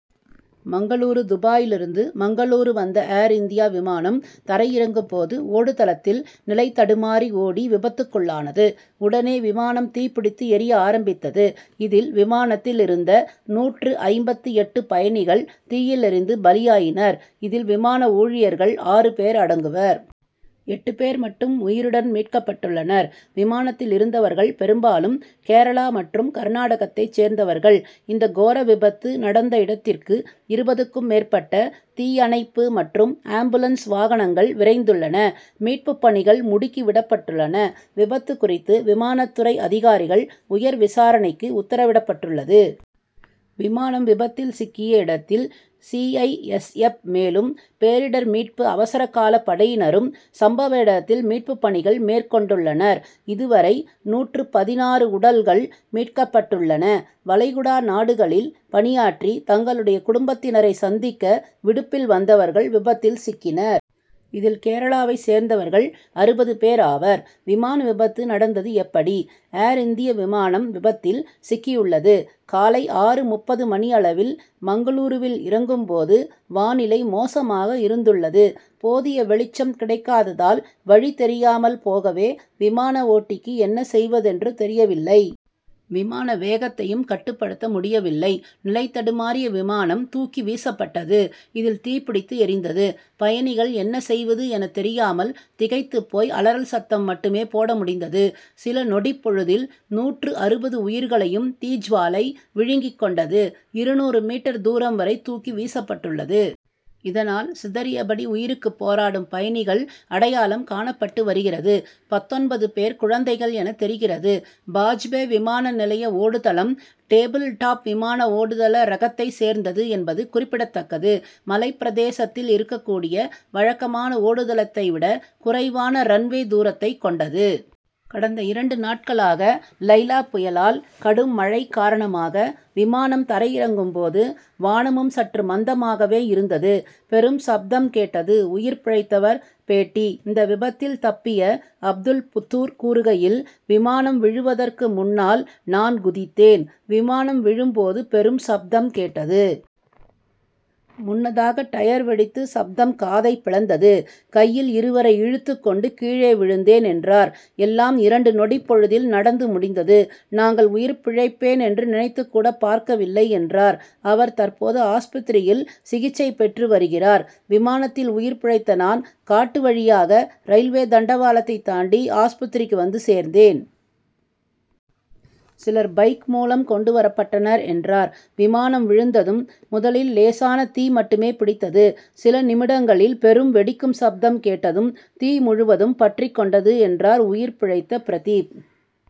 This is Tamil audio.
மங்களூரூ துபாயிலிருந்து மங்களூரூ வந்த ஏர் இந்தியா விமானம் தரை இறங்கும்போது ஓடுதளத்தில் நிலை தடுமாறி ஓடி விபத்திற்குள்ளானது. உடனே விமானம் தீப்பிடித்து எரிய ஆரம்பித்தது. இதில் விமானத்தில் இருந்த நூற்று ஐம்பத்து எட்டு பயணிகள் தீயில் எரிந்து பலியாயினர். இதில் விமான ஊழியர்கள் ஆறு பேர் அடங்குவர். எட்டு பேர் மட்டும் உயிருடன் மீட்கப்பட்டுள்ளனர். விமானத்தில் இருந்தவர்கள் பெரும்பாலும் கேரளா மற்றும் கர்நாடகத்தைச் சேர்ந்தவர்கள். இந்த கோர விபத்து நடந்த இடத்திற்கு இருபதுக்கும் மேற்பட்ட தீயணைப்பு மற்றும் ஆம்புலன்ஸ் வாகனங்கள் விரைந்துள்ளன. மீட்புப் பணிகள் முடுக்கி விடப்பட்டுள்ளன. விபத்து குறித்து விமான துறை அதிகாரிகள் உயர் விசாரணைக்கு உத்தரவிடப்பட்டுள்ளது. விமானம் விபத்தில் சிக்கிய இடத்தில் சி. ஐ. எஸ். எப். மேலும் பேரிடர் மீட்பு அவசரகால படையினரும் சம்பவ இடத்தில் மீட்பு பணிகள் மேற்கொண்டுள்ளனர். இதுவரை நூற்று பதினாறு உடல்கள் மீட்கப்பட்டுள்ளன. வளைகுடா நாடுகளில் பணியாற்றி தங்களுடைய குடும்பத்தினரை சந்திக்க விடுப்பில் வந்தவர்கள் விபத்தில் சிக்கினர். இதில் கேரளாவை சேர்ந்தவர்கள் அறுபது பேர் ஆவர். விமான விபத்து நடந்தது எப்படி? ஏர் இந்திய விமானம் விபத்தில் சிக்கியுள்ளது. காலை ஆறு முப்பது மணியளவில் மங்களூருவில் இறங்கும்போது வானிலை மோசமாக இருந்துள்ளது. போதிய வெளிச்சம் கிடைக்காதததால் வழி தெரியாமல் போகவே விமான ஓட்டிக்கு என்ன செய்வதென்று தெரியவில்லை. விமான வேகத்தையும் கட்டுப்படுத்த முடியவில்லை. நிலைதடுமாறிய விமானம் தூக்கி வீசப்பட்டது. இதில் தீப்பிடித்து எரிந்தது. பயணிகள் என்ன செய்வது என தெரியாமல் திகைத்து போய் அலறல் சப்தம் மட்டுமே போட முடிந்தது. சில நொடிப்பொழுதில் நூற்று அறுபது உயிர்களையும் தீச்சுவாலை விழுங்கி கொண்டது. இருநூறு மீட்டர் தூரம் வரை தூக்கி வீசப்பட்டுள்ளது. இதனால் சிதறியபடி உயிருக்கு போராடும் பயணிகள் அடையாளம் காணப்பட்டு வருகிறது. பத்தொன்பது பேர் குழந்தைகள் என தெரிகிறது. பாஜ்பே விமான நிலைய ஓடுதளம் டேபிள் டாப் விமான ஓடுதள ரகத்தைச் சேர்ந்தது என்பது குறிப்பிடத்தக்கது. மலைப்பிரதேசத்தில் இருக்கக்கூடிய வழக்கமான ஓடுதளத்தை விட குறைவான ரன்வே தூரத்தை கொண்டது. கடந்த இரண்டு நாட்களாக லைலா புயலால் கடும் மழை காரணமாக விமானம் தரையிறங்கும் போது வானமும் சற்று மந்தமாகவே இருந்தது. பெரும் சப்தம் கேட்டது உயிர் பிழைத்தவர் பேட்டி இந்த விபத்தில் தப்பிய அப்துல்புத்தூர் கூறுகையில் விமானம் விழுவதற்கு முன்னால் நான் குதித்தேன். விமானம் விழும் போது பெரும் சப்தம் கேட்டது. முன்னதாக டயர் வெடித்து சப்தம் காதை பிளந்தது. கையில் இருவரை இழுத்து கொண்டு கீழே விழுந்தேன் என்றார். எல்லாம் இரண்டு நொடிப்பொழுதில் நடந்து முடிந்தது. நாங்கள் உயிர் பிழைப்பேன் என்று நினைத்துகூட பார்க்கவில்லை என்றார். இவர் தற்போது ஆஸ்பத்திரியில் சிகிச்சை பெற்று வருகிறார். விமானத்தில் உயிர்பிழைத்த நான் காட்டு வழியாக ரயில்வே தண்டவாளத்தை தாண்டி ஆஸ்பத்திரிக்கு வந்து சேர்ந்தேன். சிலர் பைக் மூலம் கொண்டு வரப்பட்டனர் என்றார். விமானம் விழுந்ததும் முதலில் லேசான தீ மட்டுமே பிடித்தது. சில நிமிடங்களில் பெரும் வெடிக்கும் சப்தம் கேட்டதும் தீ முழுவதும் பற்றிக்கொண்டது என்றார் உயிர் பிழைத்த பிரதீப்.